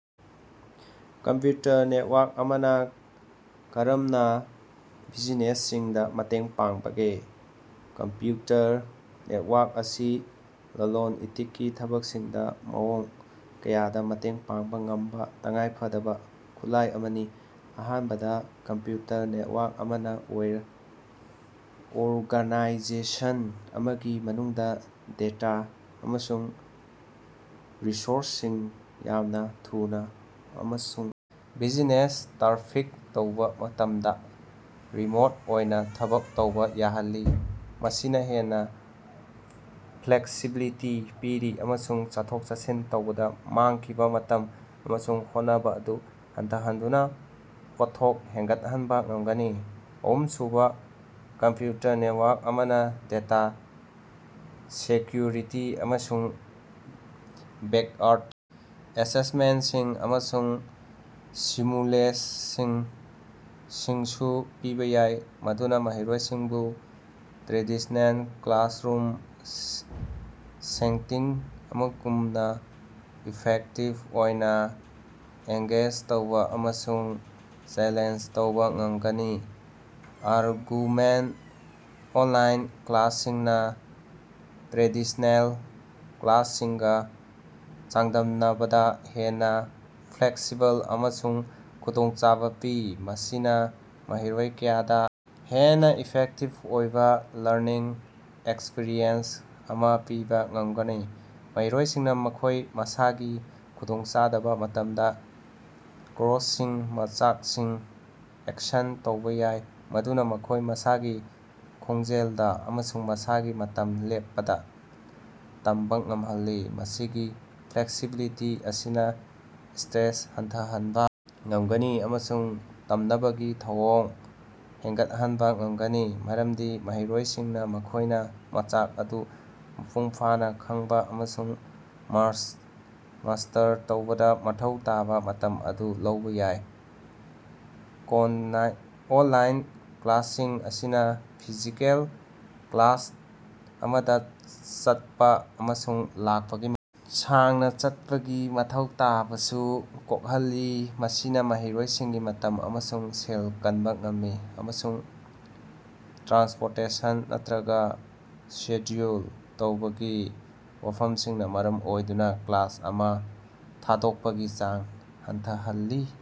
Computer network ꯑꯃꯅꯥ ꯀꯔꯝꯅꯥ ꯕꯤꯖꯤꯅꯦꯁꯁꯤꯡꯗꯥ ꯃꯇꯦꯡ ꯄꯥꯡꯕꯒꯦ? ꯀꯝꯄ꯭ꯌꯨꯇꯔ ꯅꯦꯠꯋꯥ꯭ꯔꯛ ꯑꯁꯤ ꯂꯂꯣꯟ-ꯏꯇꯤꯛꯀꯤ ꯊꯕꯛꯁꯤꯡꯗꯥ ꯃꯑꯣꯡ ꯀꯌꯥꯗꯥ ꯃꯇꯦꯡ ꯄꯥꯡꯕꯥ ꯉꯝꯕꯥ ꯇꯉꯥꯏꯐꯗꯕꯥ ꯈꯨꯠꯂꯥꯏ ꯑꯃꯅꯤ꯫ ꯑꯍꯥꯟꯕꯗꯥ, ꯀꯝꯄ꯭ꯌꯨꯇꯔ ꯅꯦꯠꯋꯥ꯭ꯔꯛ ꯑꯃꯅꯥ ꯑꯣꯔ ꯑꯣꯔꯒꯥꯅꯥꯏꯖꯦꯁꯟ ꯑꯃꯒꯤ ꯃꯅꯨꯡꯗꯥ ꯗꯦꯇꯥ ꯑꯃꯁꯨꯡ ꯔꯤꯁꯣꯔꯁꯁꯤꯡ ꯌꯥꯝꯅꯥ ꯊꯨꯅꯥ ꯑꯃꯁꯨꯡ ꯕꯤꯖꯤꯅꯦꯁ ꯇ꯭ꯔꯥꯐꯤꯛ ꯇꯧꯕꯥ ꯃꯇꯝꯗꯥ ꯔꯤꯃꯣꯠ ꯑꯣꯏꯅꯥ ꯊꯕꯛ ꯇꯧꯕꯥ ꯌꯥꯍꯜꯂꯤ꯫ ꯃꯁꯤꯅꯥ ꯍꯦꯟꯅꯥ ꯐ꯭ꯂꯦꯛꯁꯤꯕꯤꯂꯤꯇꯤ ꯄꯤꯔꯤ ꯑꯃꯁꯨꯡ ꯆꯠꯊꯣꯛ-ꯆꯠꯁꯤꯟ ꯇꯧꯕꯗꯥ ꯃꯥꯡꯈꯤꯕꯥ ꯃꯇꯝ ꯑꯃꯁꯨꯡ ꯍꯣꯠꯅꯕꯥ ꯑꯗꯨ ꯍꯟꯊꯍꯟꯗꯨꯅꯥ ꯄꯣꯠꯊꯣꯛ ꯍꯦꯟꯒꯠꯍꯟꯕꯥ ꯉꯝꯒꯅꯤ꯫ ꯑꯍꯨꯝꯁꯨꯕꯥ, ꯀꯝꯄ꯭ꯌꯨꯇꯔ ꯅꯦꯠꯋꯥ꯭ꯔꯛ ꯑꯃꯅꯥ ꯗꯦꯇꯥ ꯁꯦꯀ꯭ꯌꯨꯔꯤꯇꯤ ꯑꯃꯁꯨꯡ ꯕꯦꯛꯑꯞ ꯑꯦꯁꯦꯁꯃꯦꯟꯠꯁꯤꯡ, ꯑꯃꯁꯨꯡ ꯁꯤꯃꯨꯂꯦꯁꯟꯁꯤꯡꯁꯨ ꯄꯤꯕꯥ ꯌꯥꯏ ꯃꯗꯨꯅꯥ ꯃꯍꯩꯔꯣꯏꯁꯤꯡꯕꯨ ꯇ꯭ꯔꯦꯗꯤꯁꯅꯦꯜ ꯀ꯭ꯂꯥꯁꯔꯨꯝ ꯁꯦꯇꯤꯡ ꯑꯃꯒꯨꯝꯅꯥ ꯏꯐꯦꯛꯇꯤꯕ ꯑꯣꯏꯅꯥ ꯑꯦꯡꯒꯦꯖ ꯇꯧꯕꯥ ꯑꯃꯁꯨꯡ ꯆꯦꯂꯦꯟꯖ ꯇꯧꯕꯥ ꯉꯝꯒꯅꯤ꯫ ꯑꯥꯔꯒꯨꯃꯦꯟ: ꯑꯣꯟꯂꯥꯏꯟ ꯀ꯭ꯂꯥꯁꯁꯤꯡꯅꯥ ꯇ꯭ꯔꯦꯗꯤꯁꯅꯦꯜ ꯀ꯭ꯂꯥꯁꯁꯤꯡꯒꯥ ꯆꯥꯡꯗꯝꯅꯕꯗꯥ ꯍꯦꯟꯅꯥ ꯐ꯭ꯂꯦꯛꯁꯤꯕꯜ ꯑꯃꯁꯨꯡ ꯈꯨꯗꯣꯡꯆꯥꯕꯥ ꯄꯤ, ꯃꯁꯤꯅꯥ ꯃꯍꯩꯔꯣꯏ ꯀꯌꯥꯗꯥ ꯍꯦꯟꯅꯥ ꯏꯐꯦꯛꯇꯤꯚ ꯑꯣꯏꯕꯥ ꯂꯔꯅꯤꯡ ꯑꯦꯛꯁꯄꯤꯔꯤꯑꯦꯟꯁ ꯑꯃꯥ ꯄꯤꯕꯥ ꯉꯝꯒꯅꯤ꯫ ꯃꯍꯩꯔꯣꯏꯁꯤꯡꯅꯥ ꯃꯈꯣꯏ ꯃꯁꯥꯒꯤ ꯈꯨꯗꯣꯡꯆꯥꯗꯕꯥ ꯃꯇꯝꯗꯥ ꯀꯣꯔꯁꯁꯤꯡ ꯃꯆꯥꯛꯁꯤꯡ ꯑꯦꯛꯁꯟ ꯇꯧꯕꯥ ꯌꯥꯏ, ꯃꯗꯨꯅꯥ ꯃꯈꯣꯏ ꯃꯁꯥꯒꯤ ꯈꯣꯡꯖꯦꯜꯗꯥ ꯑꯃꯁꯨꯡ ꯃꯁꯥꯒꯤ ꯃꯇꯝ ꯂꯦꯞꯄꯗꯥ ꯇꯝꯕꯥ ꯉꯝꯍꯜꯂꯤ꯫ ꯃꯁꯤꯒꯤ ꯐ꯭ꯂꯦꯛꯁꯤꯕꯤꯂꯤꯇꯤ ꯑꯁꯤꯅꯥ ꯁꯇ꯭ꯔꯦꯁ ꯍꯟꯊꯍꯟꯕꯥ ꯉꯝꯒꯅꯤ ꯑꯃꯁꯨꯡ ꯇꯝꯅꯕꯒꯤ ꯊꯧꯑꯣꯡ ꯍꯦꯟꯒꯠꯍꯟꯕꯥ ꯉꯝꯒꯅꯤ, ꯃꯔꯝꯗꯤ ꯃꯍꯩꯔꯣꯏꯁꯤꯡꯅꯥ ꯃꯈꯣꯏꯅꯥ ꯃꯆꯥꯛ ꯑꯗꯨ ꯃꯄꯨꯡ ꯐꯥꯅꯥ ꯈꯪꯕꯥ ꯑꯃꯁꯨꯡ ꯃꯥꯁ ꯃꯥꯁꯇꯔ ꯇꯧꯕꯗꯥ ꯃꯊꯧ ꯇꯥꯕꯥ ꯃꯇꯝ ꯑꯗꯨ ꯂꯧꯕꯥ ꯌꯥꯏ꯫ ꯑꯣꯟꯂꯥꯏ ꯑꯣꯟꯂꯥꯏꯟ ꯀ꯭ꯂꯥꯁꯁꯤꯡ ꯑꯁꯤꯅꯥ ꯐꯤꯖꯤꯀꯦꯜ ꯀ꯭ꯂꯥꯁ ꯑꯃꯗꯥ ꯆꯠꯄꯥ ꯑꯃꯁꯨꯡ ꯂꯥꯛꯄꯒꯤ ꯃꯇꯝ ꯁꯥꯡꯅꯥ ꯆꯠꯄꯒꯤ ꯃꯊꯧ ꯇꯥꯕꯁꯨ ꯀꯣꯛꯍꯜꯂꯤ, ꯃꯁꯤꯅꯥ ꯃꯍꯩꯔꯣꯏꯁꯤꯡꯒꯤ ꯃꯇꯝ ꯑꯃꯁꯨꯡ ꯁꯦꯟ ꯀꯟꯕꯥ ꯉꯝꯃꯤ, ꯑꯃꯁꯨꯡ ꯇ꯭ꯔꯥꯟꯁꯄꯣꯔꯇꯦꯁꯟ ꯅꯠꯇ꯭ꯔꯒꯥ ꯁꯦꯗ꯭ꯌꯨꯜ ꯇꯧꯕꯒꯤ ꯋꯥꯐꯝꯁꯤꯡꯅꯥ ꯃꯔꯝ ꯑꯣꯏꯗꯨꯅꯥ ꯀ꯭ꯂꯥꯁ ꯑꯃꯥ ꯊꯥꯗꯣꯛꯄꯒꯤ ꯆꯥꯡ ꯍꯟꯊꯍꯜꯂꯤ꯫